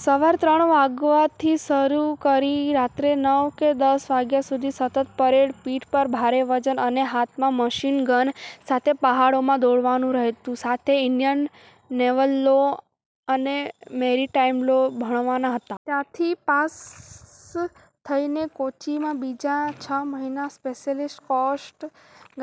"સવારે ત્રણ વાગ્યાથી શરૂ કરીને રાત્રે નવ કે દસ વાગ્યા સુધી સતત પરેડ, પીઠ પર ભારે વજન અને હાથમાં મશીન ગન સાથે પહાડોમાં દોડવાનું રહેતું. સાથે ઇન્ડિયન નેવલ લો અને મેરિટાઇમ લો ભણવાના હતા. ત્યાંથી પાસ થઇને કોચીમાં બીજા છ મહિના સ્પેશિયલ કોસ્ટ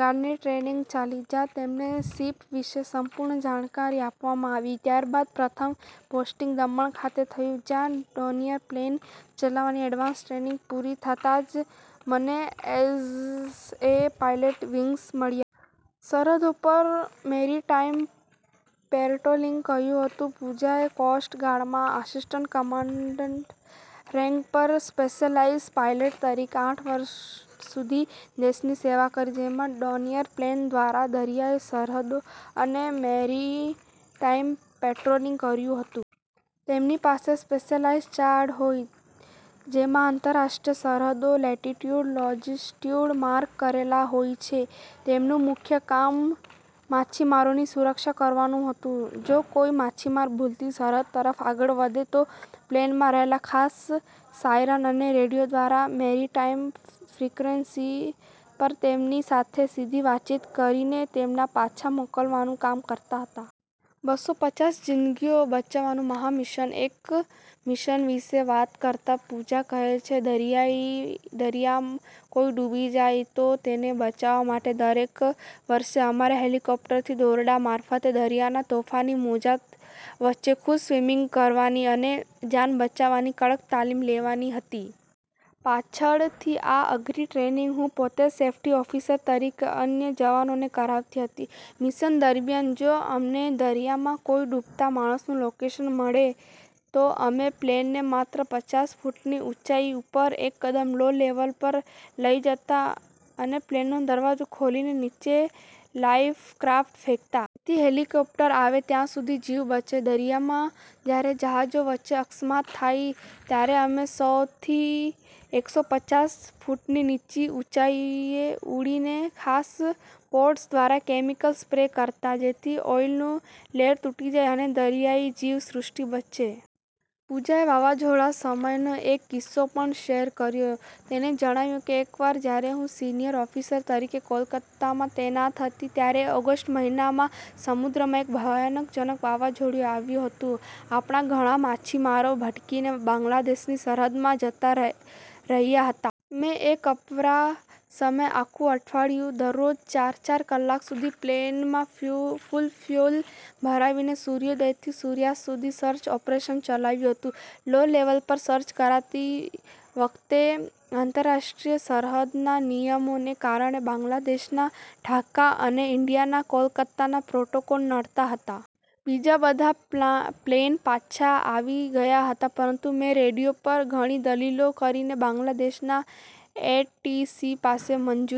ગાર્ડની ટ્રેનિંગ ચાલી. જ્યાં તેમને શિપ વિશે સંપૂર્ણ જાણકારી આપવામાં આવી. ત્યારબાદ પ્રથમ પોસ્ટિંગ દમણ ખાતે થયું, જ્યાં ડોનિયર પ્લેન ચલાવવાની એડવાન્સ ટ્રેનિંગ પૂરી થતાં જ મને એઝ એ પાયલોટ વિંગ્સ મળ્યા. સરહદો પર 'મેરિટાઇમ' પેટ્રોલિંગ કર્યું હતું." પૂજાએ કોસ્ટ ગાર્ડમાં આસિસ્ટન્ટ કમાન્ડન્ટના રેન્ક પર સ્પેશિયલાઇઝ્ડ પાયલટ તરીકે આઠ વર્ષ સુધી દેશની સેવા કરી. જેમાં 'ડોનિયર' પ્લેન દ્વારા દરિયાઈ સરહદો પર મેરિટાઇમ પેટ્રોલિંગ કર્યું હતું. તેમની પાસે સ્પેશિયલાઇઝ્ડ ચાર્ટ હોય. જેમાં આંતરરાષ્ટ્રીય સરહદોના લેટિટ્યૂડ, લોન્જિટ્યૂડ માર્ક કરેલા હોય છે. તેમનું મુખ્ય કામ માછીમારોની સુરક્ષા કરવાનું હતું. જો કોઇ માછીમાર ભૂલથી સરહદ તરફ આગળ વધે તો પ્લેનમાં રહેલા ખાસ સાયરન અને રેડિયો દ્વારા મેરિટાઇમ ફ્રિક્વન્સી પર તેમની સાથે સીધી વાતચીત કરીને તેમને પાછા મોકલવાનું કામ કરતા હતા. બસો પચ્ચાસ જિંદગીઓ બચાવવાનું મહામિશન, એક મિશન વિશે વાત કરતા પૂજા કહે છે કે, "દરિયામાં કોઇ ડૂબી જાય તો તેને બચાવવા માટે દર વર્ષે અમારે હેલિકોપ્ટરથી દોરડા મારફતે દરિયાના તોફાની મોજાં વચ્ચે ખુદ સ્વિમિંગ કરવાની અને જાન બચાવવાની કડક તાલીમ લેવાની રહેતી. પાછળથી આ અઘરી ટ્રેનિંગ હું પોતે જ સેફ્ટી ઓફિસર તરીકે અન્ય જવાનોને કરાવતી હતી. મિશન દરમિયાન જો અમને દરિયામાં કોઇ ડૂબતા માણસનું લોકેશન મળે તો અમે પ્લેનને માત્ર પચ્ચાસ ફૂટની ઊંચાઇ પર એકદમ લો-લેવલ પર લઇ જતા અને પ્લેનનો દરવાજો ખોલીને નીચે લાઇફ ક્રાફ્ટ ફેંકતા. જેથી હેલિકોપ્ટર આવે ત્યાં સુધી જીવ બચે. દરિયામાં જ્યારે જહાજો વચ્ચે અકસ્માત થાય ત્યારે અમે સો થી એકસો પચ્ચાસ ફૂટની નીચી ઊંચાઇએ ઉડીને ખાસ પોડ્સ દ્વારા કેમિકલ સ્પ્રે કરતા, જેથી ઓઇલનું લેયર તૂટી જાય અને દરિયાઇ જીવ સૃષ્ટિ બચે." પૂજાએ વાવાઝોડા સમયનો એક કિસ્સો પણ શેર કર્યો. તેણે જણાવ્યું, "એકવાર જ્યારે હું સિનિયર ઓફિસર તરીકે કોલકાતામાં તૈનાત હતી, ત્યારે ઓગસ્ટ મહિનામાં સમુદ્રમાં એક ભયાનક વાવાઝોડું આવ્યું હતું. આપણા ઘણા માછીમારો ભટકીને બાંગ્લાદેશની સરહદમાં જતા રહ્યાં હતા. મેં એ કપરા સમયે આખું અઠવાડિયું દરરોજ ચાર-ચાર કલાક સુધી પ્લેનમાં ફૂલ ફયૂઅલ ભરાવીને સૂર્યોદયથી સૂર્યાસ્ત સુધી સર્ચ ઓપરેશન ચલાવ્યું હતું. લો-લેવલ પર સર્ચ કરતી વખતે આંતરરાષ્ટ્રીય સરહદના નિયમોને કારણે બાંગ્લાદેશના ઢાકા અને ઇન્ડિયાના કોલકાતાના પ્રોટોકોલ નડતા હતા. બીજા બધા પ્લેન પાછા આવી ગયા હતા પરંતુ મેં રેડિયો પર ઘણી દલીલો કરીને બાંગ્લાદેશના એટીસી પાસે મંજૂરી